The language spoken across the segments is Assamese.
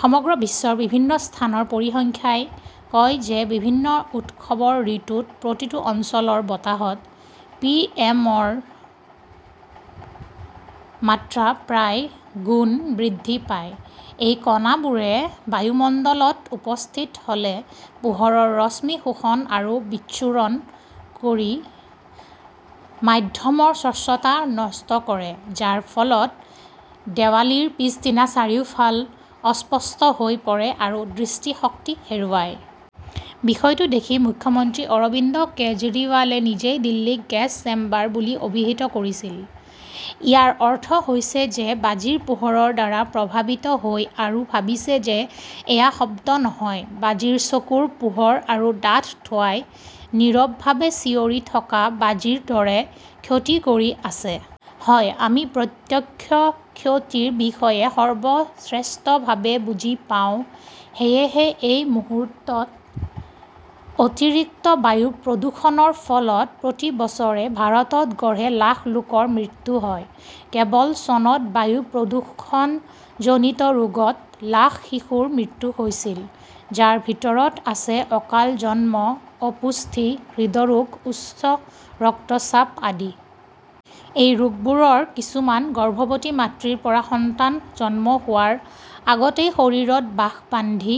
সমগ্ৰ বিশ্বৰ বিভিন্ন স্থানৰ পৰিসংখ্যাই কয় যে বিভিন্ন উৎসৱৰ ঋতুত প্ৰতিটো অঞ্চলৰ বতাহত পিএমৰ মাত্ৰা প্ৰায় গুণ বৃদ্ধি পায়। এই কণাবোৰে বায়ুমণ্ডলত উপস্থিত হ'লে পোহৰৰ ৰশ্মি শোষণ আৰু বিচ্ছুৰ ণ কৰি মাধ্যমৰ স্বচ্ছতা নষ্ট কৰে, যাৰ ফলত দেৱালীৰ পিছদিনা চাৰিওফাল অস্পষ্ট হৈ পৰে আৰু দৃষ্টিশক্তি হেৰুৱায়। বিষয়টো দেখি মুখ্যমন্ত্ৰী অৰবিন্দ কেজৰিৱালে নিজেই দিল্লীক গেছ-চেম্বাৰ বুলি অভিহিত কৰিছিল। ইয়াৰ অৰ্থ হৈছে যে বাজিৰ পোহৰৰ দ্বাৰা প্ৰভাৱিত হৈ আৰু ভাবিছে যে এয়া শব্দ নহয়, বাজিৰ চকুৰ পোহৰ আৰু ডাঠ ধোঁৱাই নীৰৱভাৱে চিঞৰি থকা বাজিৰ দৰে ক্ষতি কৰি আছে। হয়, আমি প্ৰত্যক্ষ ক্ষতিৰ বিষয়ে সৰ্বশ্ৰেষ্ঠভাৱে বুজি পাওঁ, সেয়েহে এই মুহূৰ্তত অতিৰিক্ত বায়ু প্ৰদূষণৰ ফলত প্ৰতি বছৰে ভাৰতত গড়ে লাখ লোকৰ মৃত্যু হয়। কেৱল চনত বায়ু প্ৰদূষণজনিত ৰোগত লাখ শিশুৰ মৃত্যু হৈছিল, যাৰ ভিতৰত আছে অকাল জন্ম, অপুষ্টি, হৃদৰোগ, উচ্চ ৰক্তচাপ আদি। এই ৰোগবোৰৰ কিছুমান গৰ্ভৱতী মাতৃৰ পৰা সন্তান জন্ম হোৱাৰ আগতেই শৰীৰত বাস বান্ধি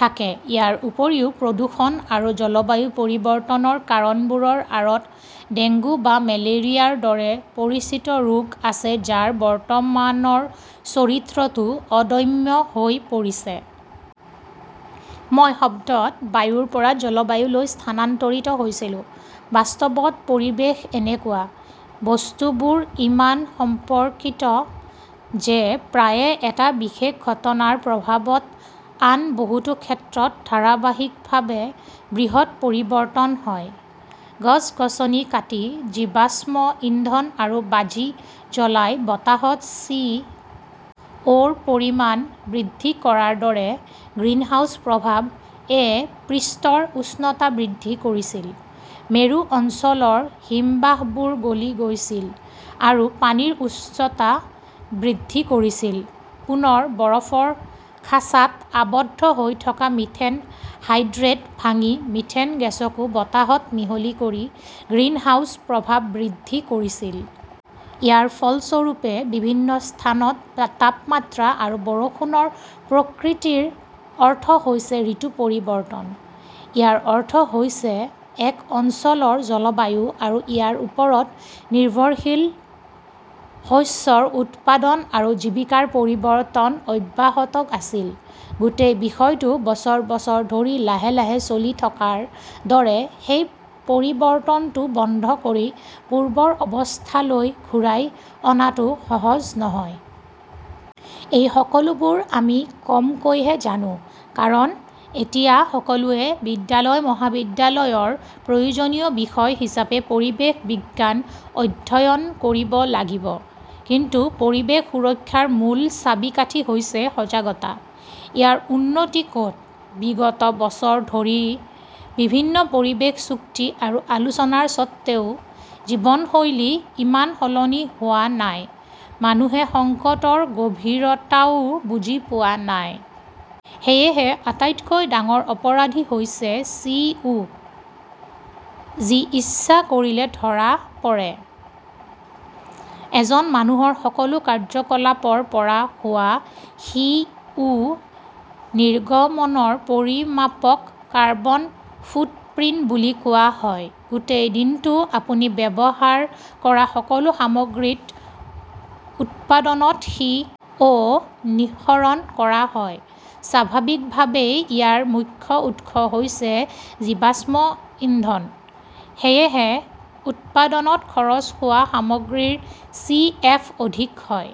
থাকে। ইয়াৰ উপৰিও, প্ৰদূষণ আৰু জলবায়ু পৰিৱৰ্তনৰ কাৰণবোৰৰ আঁৰত ডেংগু বা মেলেৰিয়াৰ দৰে পৰিচিত ৰোগ আছে যাৰ বৰ্তমানৰ চৰিত্ৰটো অদম্য হৈ পৰিছে। মই শব্দত বায়ুৰ পৰা জলবায়ুলৈ স্থানান্তৰিত হৈছিলো। বাস্তৱত পৰিৱেশ এনেকুৱা। বস্তুবোৰ ইমান সম্পৰ্কিত যে প্ৰায়ে এটা বিশেষ ঘটনাৰ প্ৰভাৱত আন বহুতো ক্ষেত্ৰত ধাৰাবাহিকভাৱে বৃহৎ পৰিৱৰ্তন হয়। গছ-গছনি কাটি, জীৱাশ্ম-ইন্ধন আৰু বাজি জ্বলাই বতাহত চি. ও.ৰ পৰিমাণ বৃদ্ধি কৰাৰ দৰে, 'গ্ৰীণহাউছ প্ৰভাৱ '-এ পৃষ্ঠৰ উষ্ণতা বৃদ্ধি কৰিছিল, মেৰু অঞ্চলৰ হিমবাহবোৰ গলি গৈছিল আৰু পানীৰ উচ্চতা বৃদ্ধি কৰিছিল, পুনৰ বৰফৰ খাঁচাত আবদ্ধ হৈ থকা মিথেন হাইড্ৰেট ভাঙি মিথেন গেছকো বতাহত মিহলি কৰি' গ্ৰীণহাউছ প্ৰভাৱ 'বৃদ্ধি কৰিছিল। ইয়াৰ ফলস্বৰূপে বিভিন্ন স্থানত তাপমাত্ৰা আৰু বৰষুণৰ প্ৰকৃতিৰ অৰ্থ হৈছে ঋতু-পৰিৱৰ্তন। ইয়াৰ অৰ্থ হৈছে এক অঞ্চলৰ জলবায়ু আৰু ইয়াৰ ওপৰত নিৰ্ভৰশীল শস্যৰ উৎপাদন আৰু জীৱিকাৰ পৰিৱৰ্তন অব্যাহত আছিল। গোটেই বিষয়টো বছৰ বছৰ ধৰি লাহে লাহে চলি থকাৰ দৰে, সেই পৰিৱৰ্তনটো বন্ধ কৰি পূৰ্বৰ অৱস্থালৈ ঘূৰাই অনাটো সহজ নহয়। এই সকলোবোৰ আমি কমকৈহে জানো কাৰণ এতিয়া সকলোৱে বিদ্যালয়-মহাবিদ্যালয়ৰ প্ৰয়োজনীয় বিষয় হিচাপে পৰিৱেশ বিজ্ঞান অধ্যয়ন কৰিব লাগিব। কিন্তু পৰিৱেশ সুৰক্ষাৰ মূল চাবিকাঠি হৈছে সজাগতা, ইয়াৰ উন্নতি ক'ত? বিগত বছৰ ধৰি বিভিন্ন পৰিৱেশ চুক্তি আৰু আলোচনাৰ স্বত্বেও, জীৱনশৈলী ইমান সলনি হোৱা নাই, মানুহে সংকটৰ গভীৰতাও বুজি পোৱা নাই। সেয়েহে আটাইতকৈ ডাঙৰ অপৰাধী হৈছে চি. ও. যি ইচ্ছা কৰিলে ধৰা পৰে। এজন মানুহৰ সকলো কাৰ্যকলাপৰ পৰা হোৱা সি. ও. নিৰ্গমনৰ পৰিমাপক 'কাৰ্বন ফুটপ্ৰিন্ট' বুলি কোৱা হয়। গোটেই দিনটো আপুনি ব্যৱহাৰ কৰা সকলো সামগ্ৰীৰ উৎপাদনত সি. অ 'নিঃসৰণ কৰা হয়। স্বাভাৱিকভাৱেই ইয়াৰ মুখ্য উৎস হৈছে জীৱাশ্ম ইন্ধন। সেয়েহে উৎপাদনত খৰচ হোৱা সামগ্ৰীৰ চি. এফ. অধিক হয়।